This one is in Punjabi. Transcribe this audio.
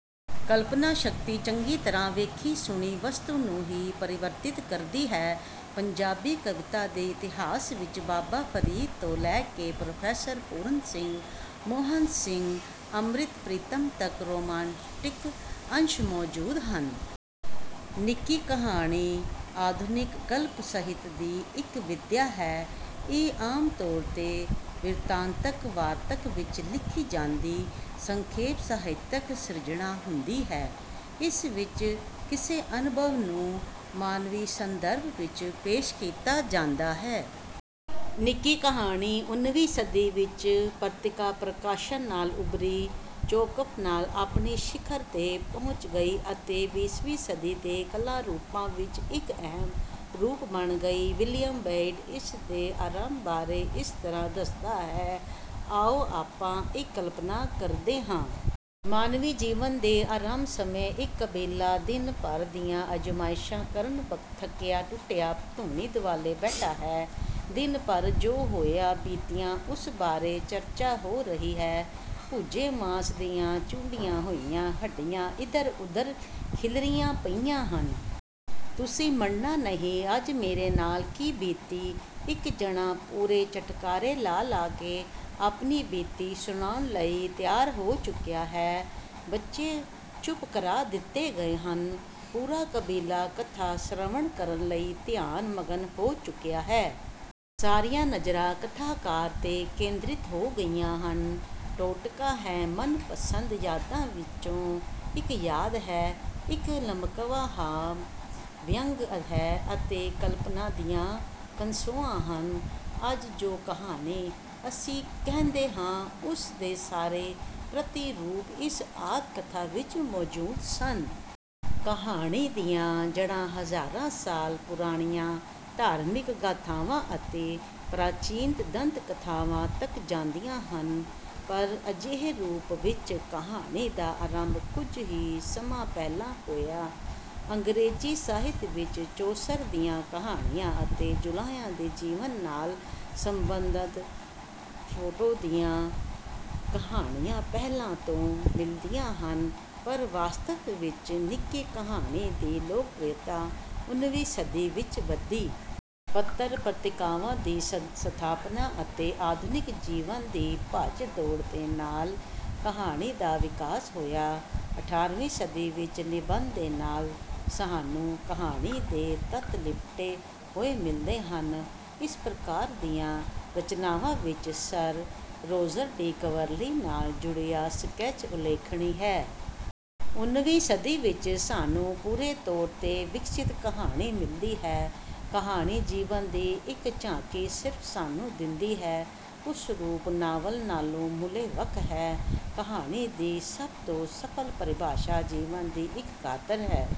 ਕਲਪਨਾ ਸ਼ਕਤੀ ਚੰਗੀ ਤਰ੍ਹਾਂ ਵੇਖੀ-ਸੁਣੀ ਵਸਤੂ ਨੂੰ ਹੀ ਪਰਿਵਰਤਿਤ ਕਰਦੀ ਹੈ। ਪੰਜਾਬੀ ਕਵਿਤਾ ਦੇ ਇਤਿਹਾਸ ਵਿੱਚ ਬਾਬਾ ਫਰੀਦ ਤੋਂ ਲੈ ਕੇ ਪ੍ਰੋ. ਪੂਰਨ ਸਿੰਘ, ਮੋਹਨ ਸਿੰਘ, ਅੰਮ੍ਰਿਤਾ ਪ੍ਰੀਤਮ ਤੱਕ ਰੋਮਾਂਟਿਕ ਅੰਸ਼ ਮੌਜੂਦ ਹਨ। ਨਿੱਕੀ ਕਹਾਣੀ ਆਧੁਨਿਕ ਗਲਪ ਸਾਹਿਤ ਦੀ ਇੱਕ ਵਿਧਾ ਹੈ। ਇਹ ਆਮ ਤੌਰ 'ਤੇ ਬਿਰਤਾਂਤਕ ਵਾਰਤਕ ਵਿੱਚ ਲਿਖੀ ਜਾਂਦੀ ਸੰਖੇਪ ਸਾਹਿਤਕ ਸਿਰਜਣਾ ਹੁੰਦੀ ਹੈ। ਇਸ ਵਿੱਚ ਕਿਸੇ ਅਨੁਭਵ ਨੂੰ ਮਾਨਵੀ ਸੰਦਰਭ ਵਿੱਚ ਪੇਸ਼ ਕੀਤਾ ਜਾਂਦਾ ਹੈ। ਨਿੱਕੀ ਕਹਾਣੀ ਉਨੀਵੀਂ ਸਦੀ ਵਿੱਚ ਪੱਤਰਿਕਾ ਪ੍ਰਕਾਸ਼ਨ ਨਾਲ ਉਭਰੀ, ਚੈਖਵ ਨਾਲ ਆਪਣੀ ਸਿਖਰ 'ਤੇ ਪਹੁੰਚ ਗਈ ਅਤੇ ਵੀਹਵੀਂ ਸਦੀ ਦੇ ਕਲਾ ਰੂਪਾਂ ਵਿੱਚ ਇੱਕ ਅਹਿਮ ਰੂਪ ਬਣ ਗਈ। ਵਿਲੀਅਮ ਬੋਇਡ ਇਸ ਦੇ ਆਰੰਭ ਬਾਰੇ ਇਸ ਤਰ੍ਹਾਂ ਦੱਸਦਾ ਹੈ: ਆਓ ਆਪਾਂ ਇੱਕ ਕਲਪਨਾ ਕਰਦੇ ਹਾਂ। ਮਾਨਵੀ ਜੀਵਨ ਦੇ ਆਰੰਭ ਸਮੇਂ ਇੱਕ ਕਬੀਲਾ ਦਿਨ ਭਰ ਦੀਆਂ ਅਜ਼ਮਾਇਸ਼ਾਂ ਕਾਰਨ ਥੱਕਿਆ-ਟੁੱਟਿਆ ਧੂਣੀ ਦੁਆਲੇ ਬੈਠਾ ਹੈ। ਦਿਨ ਭਰ ਜੋ ਹੋਇਆ-ਬੀਤਿਆ ਉਸ ਬਾਰੇ ਚਰਚਾ ਹੋ ਰਹੀ ਹੈ। ਭੁੱਜੇ ਮਾਸ ਦੀਆਂ ਚੂੰਡੀਆਂ ਹੋਈਆਂ ਹੱਡੀਆਂ ਇਧਰ-ਉਧਰ ਖਿੱਲਰੀਆਂ ਪਈਆਂ ਹਨ। ਤੁਸੀਂ ਮੰਨਣਾ ਨਹੀਂ ਅੱਜ ਮੇਰੇ ਨਾਲ ਕੀ ਬੀਤੀ ਇੱਕ ਜਣਾ ਪੂਰੇ ਚਟਖਾਰੇ ਲਾ-ਲਾ ਕੇ ਆਪਣੀ ਬੀਤੀ ਸੁਣਾਉਣ ਲਈ ਤਿਆਰ ਹੋ ਚੁੱਕਾ ਹੈ। ਬੱਚੇ ਚੁੱਪ ਕਰਾ ਦਿੱਤੇ ਗਏ ਹਨ। ਪੂਰਾ ਕਬੀਲਾ ਕਥਾ ਸਰਵਣ ਕਰਨ ਲਈ ਧਿਆਨ-ਮਗਨ ਹੋ ਚੁੱਕਿਆ ਹੈ। ਸਾਰੀਆਂ ਨਜ਼ਰਾਂ ਕਥਾਕਾਰ 'ਤੇ ਕੇਂਦ੍ਰਿਤ ਹੋ ਗਈਆਂ ਹਨ। ਟੋਟਕਾ ਹੈ, ਮਨਪਸੰਦ ਯਾਦਾਂ ਵਿੱਚੋਂ ਇੱਕ ਯਾਦ ਹੈ, ਇੱਕ ਲਮਕਵਾਂ ਹਾਸ-ਵਿਅੰਗ ਹੈ ਅਤੇ ਕਲਪਨਾ ਦੀਆਂ ਕਨਸੋਆਂ ਹਨ। ਅੱਜ ਜੋ ਕਹਾਣੀ ਅਸੀਂ ਕਹਿੰਦੇ ਹਾਂ ਉਸ ਦੇ ਸਾਰੇ ਪ੍ਰਤਿਰੂਪ ਇਸ ਆਦਿ ਕਥਾ ਵਿੱਚ ਮੌਜੂਦ ਸਨ। ਕਹਾਣੀ ਦੀਆਂ ਜੜ੍ਹਾਂ ਹਜ਼ਾਰਾਂ ਸਾਲ ਪੁਰਾਣੀਆਂ ਧਾਰਮਿਕ ਗਾਥਾਵਾਂ ਅਤੇ ਪ੍ਰਾਚੀਨ ਦੰਤ-ਕਥਾਵਾਂ ਤੱਕ ਜਾਂਦੀਆਂ ਹਨ, ਪਰ ਅਜੋਕੇ ਰੂਪ ਵਿੱਚ ਕਹਾਣੀ ਦਾ ਆਰੰਭ ਕੁਝ ਹੀ ਸਮਾਂ ਪਹਿਲਾਂ ਹੋਇਆ। ਅੰਗਰੇਜ਼ੀ ਸਾਹਿਤ ਵਿੱਚ ਚੌਸਰ ਦੀਆਂ ਕਹਾਣੀਆਂ ਅਤੇ ਜੁਲਾਹਿਆਂ ਦੇ ਜੀਵਨ ਨਾਲ ਸਬੰਧਤ ਡੇਫੋ ਦੀਆਂ ਕਹਾਣੀਆਂ ਪਹਿਲਾਂ ਤੋਂ ਮਿਲਦੀਆਂ ਹਨ, ਪਰ ਵਾਸਤਵ ਵਿੱਚ ਨਿੱਕੀ ਕਹਾਣੀ ਦੀ ਲੋਕਪ੍ਰਿਅਤਾ ਉਨੀਵੀਂ ਸਦੀ ਵਿੱਚ ਵਧੀ। ਪੱਤਰ-ਪੱਤ੍ਰਿਕਾਵਾਂ ਦੀ ਸਥਾਪਨਾ ਅਤੇ ਆਧੁਨਿਕ ਜੀਵਨ ਦੀ ਭੱਜ-ਦੌੜ ਦੇ ਨਾਲ ਕਹਾਣੀ ਦਾ ਵਿਕਾਸ ਹੋਇਆ। ਅਠਾਰ੍ਹਵੀਂ ਸਦੀ ਵਿੱਚ ਨਿਬੰਧ ਦੇ ਨਾਲ ਸਾਨੂੰ ਕਹਾਣੀ ਦੇ ਤੱਤ ਲਿਪਟੇ ਹੋਏ ਮਿਲਦੇ ਹਨ। ਇਸ ਪ੍ਰਕਾਰ ਦੀਆਂ ਰਚਨਾਵਾਂ ਵਿੱਚ ਸਰ ਰੋਜਰ ਡੀ ਕਵਰਲੀ ਨਾਲ ਜੁੜਿਆ ਸਕੈਚ ਉਲੇਖਣੀ ਹੈ। ਉਨੀਵੀਂ ਸਦੀ ਵਿੱਚ ਸਾਨੂੰ ਪੂਰੇ ਤੌਰ 'ਤੇ ਵਿਕਸਿਤ ਕਹਾਣੀ ਮਿਲਦੀ ਹੈ। ਕਹਾਣੀ ਜੀਵਨ ਦੀ ਇੱਕ ਝਾਕੀ ਸਿਰਫ ਸਾਨੂੰ ਦਿੰਦੀ ਹੈ। ਇਸਦਾ ਰੂਪ ਨਾਵਲ ਨਾਲੋਂ ਮੂਲੋਂ ਵੱਖ ਹੈ। ਕਹਾਣੀ ਦੀ ਸਭ ਤੋਂ ਸਫਲ ਪਰਿਭਾਸ਼ਾ ਜੀਵਨ ਦੀ ਇੱਕ ਕਾਤਰ ਹੈ।